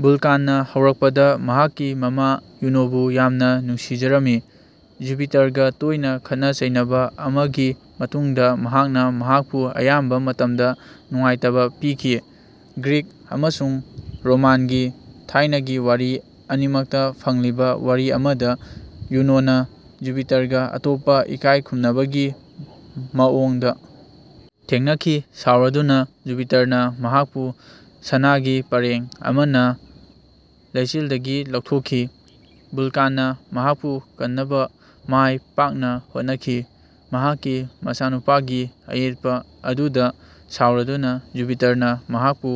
ꯚꯨꯜꯀꯥꯟꯅ ꯍꯧꯔꯛꯄꯗ, ꯃꯍꯥꯛꯀꯤ ꯃꯃꯥ ꯖꯨꯅꯣꯕꯨ ꯌꯥꯝꯅ ꯅꯨꯡꯁꯤꯖꯔꯝꯃꯤ꯫ ꯖꯨꯄꯤꯇꯔꯒ ꯇꯣꯏꯅ ꯈꯠꯅ-ꯆꯩꯅꯕ ꯑꯃꯒꯤ ꯃꯇꯨꯡꯗ ꯃꯍꯥꯛꯅ ꯃꯍꯥꯛꯄꯨ ꯑꯌꯥꯝꯕ ꯃꯇꯝꯗ ꯅꯨꯡꯉꯥꯏꯇꯕ ꯄꯤꯈꯤ꯫ ꯒ꯭ꯔꯤꯛ ꯑꯃꯁꯨꯡ ꯔꯣꯃꯥꯟꯒꯤ ꯊꯥꯏꯅꯒꯤ ꯋꯥꯔꯤ ꯑꯅꯤꯃꯛꯇ ꯐꯪꯂꯤꯕ ꯋꯥꯔꯤ ꯑꯃꯗ, ꯖꯨꯅꯣꯅ ꯖꯨꯄꯤꯇꯔꯒ ꯑꯇꯣꯞꯄ ꯏꯀꯥꯏ ꯈꯨꯝꯅꯕꯒꯤ ꯃꯋꯣꯡꯗ ꯊꯦꯡꯅꯈꯤ꯫ ꯁꯥꯎꯔꯗꯨꯅ, ꯖꯨꯄꯤꯇꯔꯅ ꯃꯍꯥꯛꯄꯨ ꯁꯅꯥꯒꯤ ꯄꯔꯦꯡ ꯑꯃꯅ ꯂꯩꯆꯤꯜꯗꯒꯤ ꯂꯧꯊꯣꯛꯈꯤ꯫ ꯚꯨꯜꯀꯥꯟꯅ ꯃꯍꯥꯛꯄꯨ ꯀꯟꯅꯕ ꯃꯥꯏ ꯄꯥꯛꯅ ꯍꯣꯠꯅꯈꯤ꯫ ꯃꯍꯥꯛꯀꯤ ꯃꯆꯥꯅꯨꯄꯥꯒꯤ ꯑꯌꯦꯠꯄ ꯑꯗꯨꯗ ꯁꯥꯎꯔꯗꯨꯅ ꯖꯨꯄꯤꯇꯔꯅ ꯃꯍꯥꯛꯄꯨ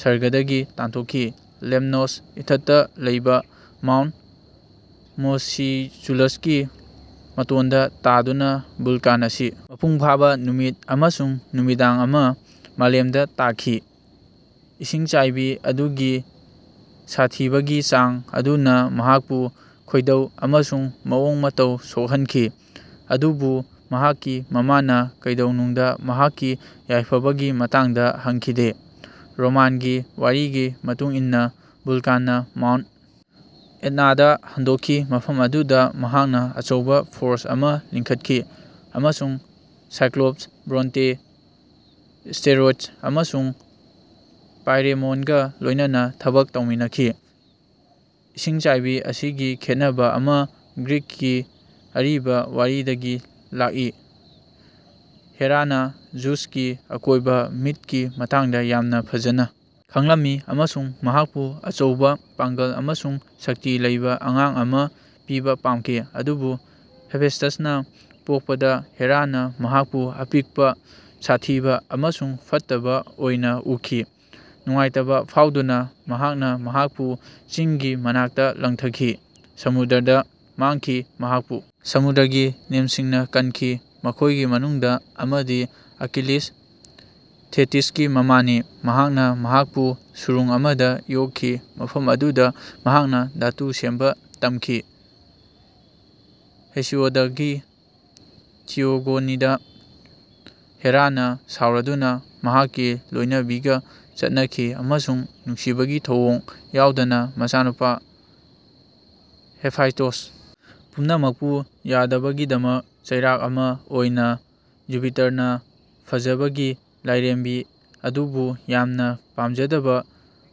ꯁꯔꯒꯗꯒꯤ ꯇꯥꯟꯊꯣꯛꯈꯤ꯫ ꯂꯦꯝꯅꯣꯁ ꯏꯊꯠꯇ ꯂꯩꯕ ꯃꯥꯎꯟꯠ ꯃꯣꯁꯤꯆꯨꯂꯁꯀꯤ ꯃꯇꯣꯟꯗ ꯇꯥꯗꯨꯅ ꯚꯨꯜꯀꯥꯟ ꯑꯁꯤ ꯃꯄꯨꯡ ꯐꯥꯕ ꯅꯨꯃꯤꯠ ꯑꯃꯁꯨꯡ ꯅꯨꯃꯤꯗꯥꯡ ꯑꯃ ꯃꯥꯂꯦꯝꯗ ꯇꯥꯈꯤ꯫ ꯏꯁꯤꯡꯆꯥꯏꯕꯤ ꯑꯗꯨꯒꯤ ꯁꯥꯊꯤꯕꯒꯤ ꯆꯥꯡ ꯑꯗꯨꯅ ꯃꯍꯥꯛꯄꯨ ꯈꯣꯏꯗꯧ ꯑꯃꯁꯨꯡ ꯃꯑꯣꯡ ꯃꯇꯧ ꯁꯣꯛꯍꯟꯈꯤ, ꯑꯗꯨꯕꯨ ꯃꯍꯥꯛꯀꯤ ꯃꯃꯥꯅ ꯀꯩꯗꯧꯅꯨꯡꯗ ꯃꯍꯥꯛꯀꯤ ꯌꯥꯏꯐꯕꯒꯤ ꯃꯇꯥꯡꯗ ꯍꯪꯈꯤꯗꯦ꯫ ꯔꯣꯃꯥꯟꯒꯤ ꯋꯥꯔꯤꯒꯤ ꯃꯇꯨꯡ ꯏꯟꯅ, ꯚꯨꯜꯀꯥꯟꯅ ꯃꯥꯎꯟꯠ ꯑꯦꯠꯅꯥꯗ ꯍꯟꯗꯣꯛꯈꯤ ꯃꯐꯝ ꯑꯗꯨꯗ ꯃꯍꯥꯛꯅ ꯑꯆꯧꯕ ꯐꯣꯔꯖ ꯑꯃ ꯂꯤꯡꯈꯠꯈꯤ ꯑꯃꯁꯨꯡ ꯁꯥꯏꯀ꯭ꯂꯣꯞꯁ ꯕ꯭ꯔꯣꯟꯇꯦ, ꯁ꯭ꯇꯦꯔꯣꯏꯗꯁ ꯑꯃꯁꯨꯡ ꯄꯥꯏꯔꯦꯃꯣꯟꯒ ꯂꯣꯏꯅꯅ ꯊꯕꯛ ꯇꯧꯃꯤꯟꯅꯈꯤ꯫ ꯏꯁꯤꯡꯆꯥꯏꯕꯤ ꯑꯁꯤꯒꯤ ꯈꯦꯠꯅꯕ ꯑꯃ ꯒ꯭ꯔꯤꯛꯀꯤ ꯑꯔꯤꯕ ꯋꯥꯔꯤꯗꯒꯤ ꯂꯥꯛꯏ꯫ ꯍꯦꯔꯥꯅ ꯖ꯭ꯌꯨꯁꯀꯤ ꯑꯀꯣꯏꯕ ꯃꯤꯠꯀꯤ ꯃꯇꯥꯡꯗ ꯌꯥꯝꯅ ꯐꯖꯅ ꯈꯪꯂꯝꯃꯤ ꯑꯃꯁꯨꯡ ꯃꯍꯥꯛꯄꯨ ꯑꯆꯧꯕ ꯄꯥꯡꯒꯜ ꯑꯃꯁꯨꯡ ꯁꯛꯇꯤ ꯂꯩꯕ ꯑꯉꯥꯡ ꯑꯃ ꯄꯤꯕ ꯄꯥꯝꯈꯤ, ꯑꯗꯨꯕꯨ ꯍꯦꯐꯦꯁ꯭ꯇꯁꯅ ꯄꯣꯛꯄꯗ ꯍꯦꯔꯥꯅ ꯃꯍꯥꯛꯄꯨ ꯑꯄꯤꯛꯄ, ꯁꯥꯊꯤꯕ ꯑꯃꯁꯨꯡ ꯐꯠꯇꯕ ꯑꯣꯏꯅ ꯎꯈꯤ꯫ ꯅꯨꯡꯉꯥꯏꯇꯕ ꯐꯥꯎꯗꯨꯅ, ꯃꯍꯥꯛꯅ ꯃꯍꯥꯛꯄꯨ ꯆꯤꯡꯒꯤ ꯃꯅꯥꯛꯇ ꯂꯪꯊꯈꯤ, ꯁꯃꯨꯗ꯭ꯔꯗ ꯃꯥꯡꯈꯤ꯫ ꯃꯍꯥꯛꯄꯨ ꯁꯃꯨꯗ꯭ꯔꯒꯤ ꯅꯤꯝꯐꯁꯤꯡꯅ ꯀꯟꯈꯤ (ꯃꯈꯣꯏꯒꯤ ꯃꯅꯨꯡꯗ ꯑꯃꯗꯤ ꯑꯀꯤꯂꯤꯁ, ꯊꯦꯇꯤꯁꯀꯤ ꯃꯃꯥꯅꯤ), ꯃꯍꯥꯛꯅ ꯃꯍꯥꯛꯄꯨ ꯁꯨꯔꯨꯡ ꯑꯃꯗ ꯌꯣꯛꯈꯤ ꯃꯐꯝ ꯑꯗꯨꯗ ꯃꯍꯥꯛꯅ ꯙꯥꯇꯨ ꯁꯦꯝꯕ ꯇꯝꯈꯤ꯫ ꯍꯦꯁꯤꯌꯣꯗꯀꯤ ꯊꯤꯌꯣꯒꯣꯅꯤꯗ, ꯍꯦꯔꯥꯅ ꯁꯥꯎꯔꯗꯨꯅ, ꯃꯍꯥꯛꯀꯤ ꯂꯣꯏꯅꯕꯤꯒ ꯈꯠꯅꯈꯤ ꯑꯃꯁꯨꯡ ꯅꯨꯡꯁꯤꯕꯒꯤ ꯊꯧꯑꯣꯡ ꯌꯥꯎꯗꯅ ꯃꯆꯥꯅꯨꯄꯥ ꯍꯦꯐꯥꯏꯁ꯭ꯇꯣꯁ, ꯄꯨꯝꯅꯃꯛꯄꯨ ꯌꯥꯗꯕꯒꯤꯗꯃꯛ ꯆꯩꯔꯥꯛ ꯑꯃ ꯑꯣꯏꯅ, ꯖꯨꯄꯤꯇꯔꯅ ꯐꯖꯕꯒꯤ ꯂꯥꯏꯔꯦꯝꯕꯤ ꯑꯗꯨꯕꯨ ꯌꯥꯝꯅ ꯄꯥꯝꯖꯗꯕ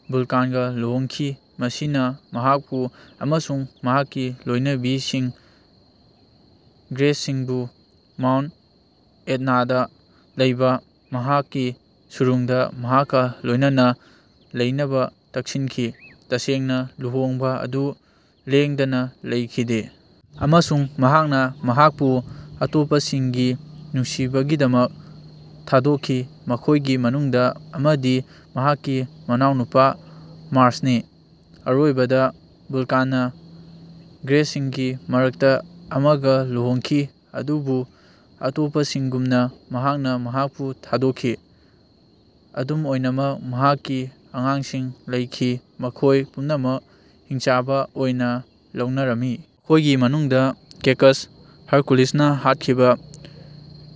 ꯚꯨꯜꯀꯥꯟꯒ ꯂꯨꯍꯣꯡꯈꯤ, ꯃꯁꯤꯅ ꯃꯍꯥꯛꯄꯨ ꯑꯃꯁꯨꯡ ꯃꯍꯥꯛꯀꯤ ꯂꯣꯏꯅꯕꯤꯁꯤꯡ ꯒ꯭ꯔꯦꯁꯁꯤꯡꯕꯨ ꯃꯥꯎꯟꯠ ꯑꯦꯠꯅꯥꯗ ꯂꯩꯕ ꯃꯍꯥꯛꯀꯤ ꯁꯨꯔꯨꯡꯗ ꯃꯍꯥꯛꯀ ꯂꯣꯏꯅꯅ ꯂꯩꯅꯕ ꯇꯛꯁꯤꯟꯈꯤ꯫ ꯇꯁꯦꯡꯅ, ꯂꯨꯍꯣꯡꯕ ꯑꯗꯨ ꯂꯦꯡꯗꯅ ꯂꯩꯈꯤꯗꯦ, ꯑꯃꯁꯨꯡ ꯃꯍꯥꯛꯅ ꯃꯍꯥꯛꯄꯨ ꯑꯇꯣꯞꯄꯁꯤꯡꯒꯤ ꯅꯨꯡꯁꯤꯕꯒꯤꯗꯃꯛ ꯊꯥꯗꯣꯛꯈꯤ ꯃꯈꯣꯏꯒꯤ ꯃꯅꯨꯡꯗ ꯑꯃꯗꯤ ꯃꯍꯥꯛꯀꯤ ꯃꯅꯥꯎꯅꯨꯄꯥ ꯃꯥꯔ꯭ꯁꯅꯤ꯫ ꯑꯔꯣꯏꯕꯗ, ꯚꯨꯜꯀꯥꯟꯅ ꯒ꯭ꯔꯦꯁꯁꯤꯡꯒꯤ ꯃꯔꯛꯇ ꯑꯃꯒ ꯂꯨꯍꯣꯡꯈꯤ, ꯑꯗꯨꯕꯨ ꯑꯇꯣꯞꯄꯁꯤꯡꯒꯨꯝꯅ ꯃꯍꯥꯛꯅ ꯃꯍꯥꯛꯄꯨ ꯊꯥꯗꯣꯛꯈꯤ꯫ ꯑꯗꯨꯝ ꯑꯣꯏꯅꯃꯛ, ꯃꯍꯥꯛꯀꯤ ꯑꯉꯥꯡꯁꯤꯡ ꯂꯩꯈꯤ ꯃꯈꯣꯏ ꯄꯨꯝꯅꯃꯛ ꯍꯤꯡꯆꯥꯕ ꯑꯣꯏꯅ ꯂꯧꯅꯔꯝꯃꯤ ꯃꯈꯣꯏꯒꯤ ꯃꯅꯨꯡꯗ ꯀꯦꯀꯁ (ꯍꯔꯀꯨꯂꯤꯁꯅ ꯍꯥꯠꯈꯤꯕ),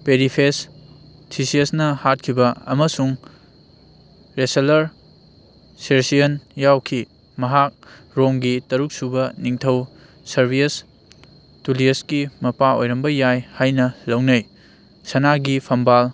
ꯄꯦꯔꯤꯐꯦꯠꯁ (ꯊꯤꯁꯤꯌꯁꯅ ꯍꯥꯠꯈꯤꯕ), ꯑꯃꯁꯨꯡ ꯔꯦꯁꯠꯂꯔ ꯁꯦꯔꯁꯤꯌꯟ ꯌꯥꯎꯈꯤ꯫ ꯃꯍꯥꯛ ꯔꯣꯝꯒꯤ ꯇꯔꯨꯛꯁꯨꯕ ꯅꯤꯡꯊꯧ ꯁꯔꯚꯤꯌꯁ ꯇꯨꯂꯤꯌꯁꯀꯤ ꯃꯄꯥ ꯑꯣꯏꯔꯝꯕ ꯌꯥꯏ ꯍꯥꯏꯅ ꯂꯧꯅꯩ꯫ ꯁꯅꯥꯒꯤ ꯐꯝꯕꯥꯜ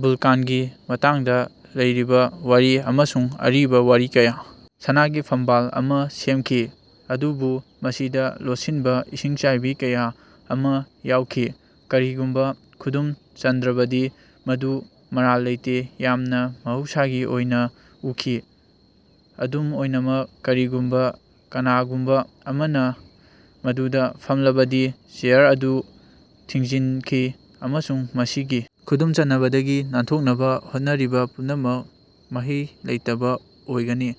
ꯚꯨꯜꯀꯥꯟꯒꯤ ꯃꯇꯥꯡꯗ ꯂꯩꯔꯤꯕ ꯋꯥꯔꯤ ꯑꯃꯁꯨꯡ ꯑꯔꯤꯕ ꯋꯥꯔꯤ ꯀꯌꯥ ꯁꯅꯥꯒꯤ ꯐꯝꯕꯥꯜ ꯑꯃ ꯁꯦꯝꯈꯤ, ꯑꯗꯨꯕꯨ ꯃꯁꯤꯗ ꯂꯣꯠꯁꯤꯟꯕ ꯏꯁꯤꯡꯆꯥꯏꯕꯤ ꯀꯌꯥ ꯑꯃ ꯌꯥꯎꯈꯤ꯫ ꯀꯔꯤꯒꯨꯝꯕ ꯈꯨꯗꯨꯝ ꯆꯟꯗ꯭ꯔꯕꯗꯤ, ꯃꯗꯨ ꯃꯔꯥꯜ ꯂꯩꯇꯦ, ꯌꯥꯝꯅ ꯃꯍꯧꯁꯥꯒꯤ ꯑꯣꯏꯅ ꯎꯈꯤ꯫ ꯑꯗꯨꯝ ꯑꯣꯏꯅꯃꯛ, ꯀꯔꯤꯒꯨꯝꯕ ꯀꯅꯥꯒꯨꯝꯕ ꯑꯃꯅ ꯃꯗꯨꯗ ꯐꯝꯂꯕꯗꯤ, ꯆꯦꯌꯔ ꯑꯗꯨ ꯊꯤꯡꯖꯤꯟꯈꯤ, ꯑꯃꯁꯨꯡ ꯃꯁꯤꯒꯤ ꯈꯨꯗꯨꯝ ꯆꯟꯅꯕꯗꯒꯤ ꯅꯥꯟꯊꯣꯛꯅꯕ ꯍꯣꯠꯅꯔꯤꯕ ꯄꯨꯝꯅꯃꯛ ꯃꯍꯩ ꯂꯩꯇꯕ ꯑꯣꯏꯒꯅꯤ꯫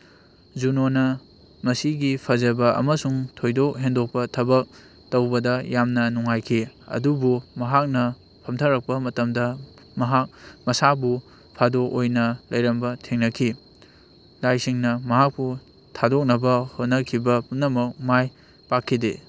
ꯖꯨꯅꯣꯅ ꯃꯁꯤꯒꯤ ꯐꯖꯕ ꯑꯃꯁꯨꯡ ꯊꯣꯏꯗꯣꯛ ꯍꯦꯟꯗꯣꯛꯄ ꯊꯕꯛ ꯇꯧꯕꯗ ꯌꯥꯝꯅ ꯅꯨꯡꯉꯥꯏꯈꯤ, ꯑꯗꯨꯕꯨ ꯃꯍꯥꯛꯅ ꯐꯝꯊꯔꯛꯄ ꯃꯇꯝꯗ ꯃꯍꯥꯛ ꯃꯁꯥꯕꯨ ꯐꯥꯗꯣꯛ ꯑꯣꯏꯅ ꯂꯩꯔꯝꯕ ꯊꯦꯡꯅꯈꯤ꯫ ꯂꯥꯏꯁꯤꯡꯅ ꯃꯍꯥꯛꯄꯨ ꯊꯥꯗꯣꯛꯅꯕ ꯍꯣꯠꯅꯈꯤꯕ ꯄꯨꯝꯅꯃꯛ ꯃꯥꯏ ꯄꯥꯛꯈꯤꯗꯦ꯫